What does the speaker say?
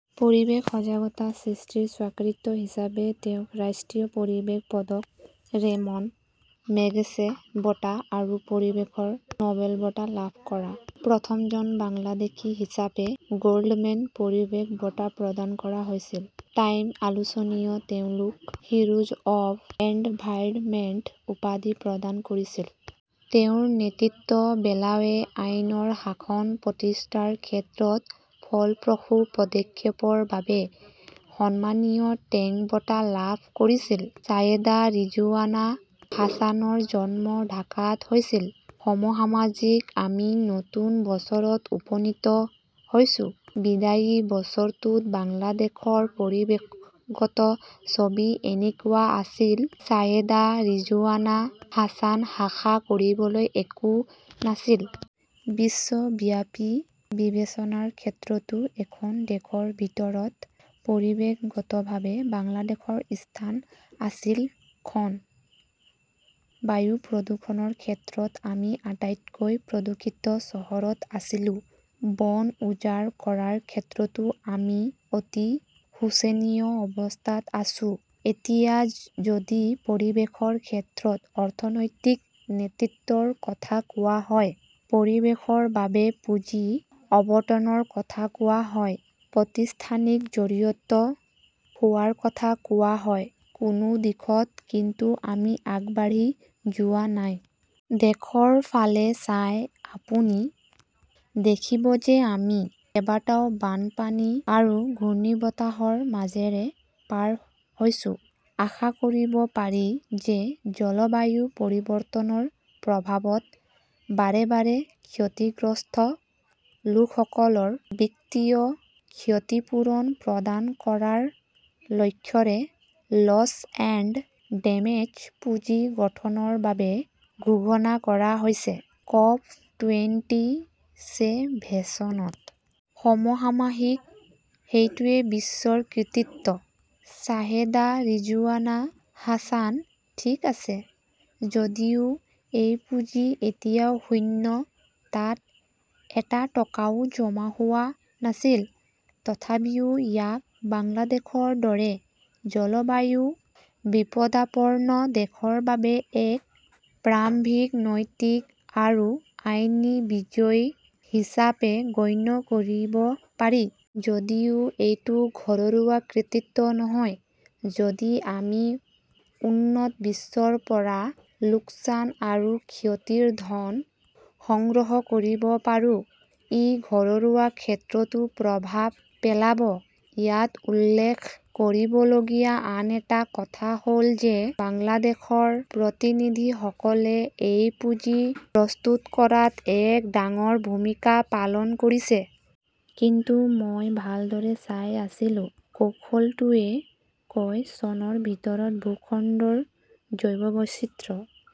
পৰিৱেশ সজাগতা সৃষ্টিৰ স্বীকৃতি হিচাপে তেওঁক ৰাষ্ট্ৰীয় পৰিৱেশ পদক, ৰেমন মেগছেছে বঁটা আৰু পৰিৱেশৰ নোবেল বঁটা লাভ কৰা প্ৰথমজন বাংলাদেশী হিচাপে গোল্ডমেন পৰিৱেশ বঁটা প্ৰদান কৰা হৈছিল। টাইম আলোচনীয়ে তেওঁক হিৰোজ অৱ এনভাইৰনমেণ্ট উপাধি প্ৰদান কৰিছিল। তেওঁৰ নেতৃত্বত বেলাৱে আইনৰ শাসন প্ৰতিষ্ঠাৰ ক্ষেত্ৰত ফলপ্ৰসূ পদক্ষেপৰ বাবে সন্মানীয় টেং বঁটা লাভ কৰিছিল। ছায়েদা ৰিজৱানা হাছানৰ জন্ম ঢাকাত হৈছিল। সমসাময়িকঃ আমি নতুন বছৰত উপনীত হৈছো। বিদায়ী বছৰটোত বাংলাদেশৰ পৰিৱেশগত ছবি কেনেকুৱা আছিল ছায়েদা ৰিজৱানা হাছানঃ আশা কৰিবলৈ একো নাছিল। বিশ্বব্যাপী বিবেচনাৰ ক্ষেত্ৰতো খন দেশৰ ভিতৰত পৰিৱেশগতভাৱে বাংলাদেশৰ স্থান আছিল খন। বায়ু প্ৰদূষণৰ ক্ষেত্ৰত আমি আটাইতকৈ প্ৰদূষিত চহৰত আছিলো। বন উজাৰ কৰাৰ ক্ষেত্ৰতো আমি অতি শোচনীয় অৱস্থাত আছো। এতিয়া যদি পৰিৱেশৰ ক্ষেত্ৰত ৰাজনৈতিক নেতৃত্বৰ কথা কোৱা হয়, পৰিৱেশৰ বাবে পুঁজি আবণ্টনৰ কথা কোৱা হয়, প্ৰতিষ্ঠানিক জড়িত হোৱাৰ কথা কোৱা হয়-কোনো দিশত কিন্তু আমি আগবাঢ়ি যোৱা নাই। দেশৰ ফালে চাই আপুনি দেখিব যে আমি কেইবাটাও বানপানী আৰু ঘূৰ্ণীবতাহৰ মাজেৰে পাৰ হৈছো। আশা কৰিব পাৰি যে জলবায়ু পৰিৱৰ্তনৰ প্ৰভাৱত বাৰে বাৰে ক্ষতিগ্ৰস্ত লোকসকলক বিত্তীয় ক্ষতিপূৰণ প্ৰদান কৰাৰ লক্ষ্যৰে লছ এণ্ড ডেমেজ পুঁজি গঠনৰ বাবে ঘোষণা কৰা হৈছে কপ টুৱেণ্টিচেভেনত। সমসাময়িকঃ সেইটোৱেই বিশ্বৰ কৃতিত্ব। ছায়েদা ৰিজৱানা হাছানঃ ঠিক আছে। যদিও সেই পুঁজি এতিয়া শূন্য, তাত এটা টকাও জমা হোৱা নাছিল। তথাপিও ইয়াক বাংলাদেশৰ দৰে জলবায়ু বিপদাপন্ন দেশৰ বাবে এক প্ৰাৰম্ভিক নৈতিক আৰু আইনী বিজয় হিচাপে গণ্য কৰিব পাৰি। যদিও এইটো ঘৰুৱা কৃতিত্ব নহয়, যদি আমি উন্নত বিশ্বৰ পৰা লোকচান আৰু ক্ষতিৰ ধন সংগ্ৰহ কৰিব পাৰোঁ, ই ঘৰুৱা ক্ষেত্ৰতো প্ৰভাৱ পেলাব। ইয়াত উল্লেখ কৰিবলগীয়া আন এটা কথা হ’ল যে বাংলাদেশৰ প্ৰতিনিধিসকলে এই পুঁজি প্ৰস্তুত কৰাত এক ডাঙৰ ভূমিকা পালন কৰিছে। কিন্তু মই ভালদৰে চাই আছিলো। কৌশলটোৱে কয়- চনৰ ভিতৰত ভূখণ্ডৰ জৈৱ বৈচিত্ৰ্য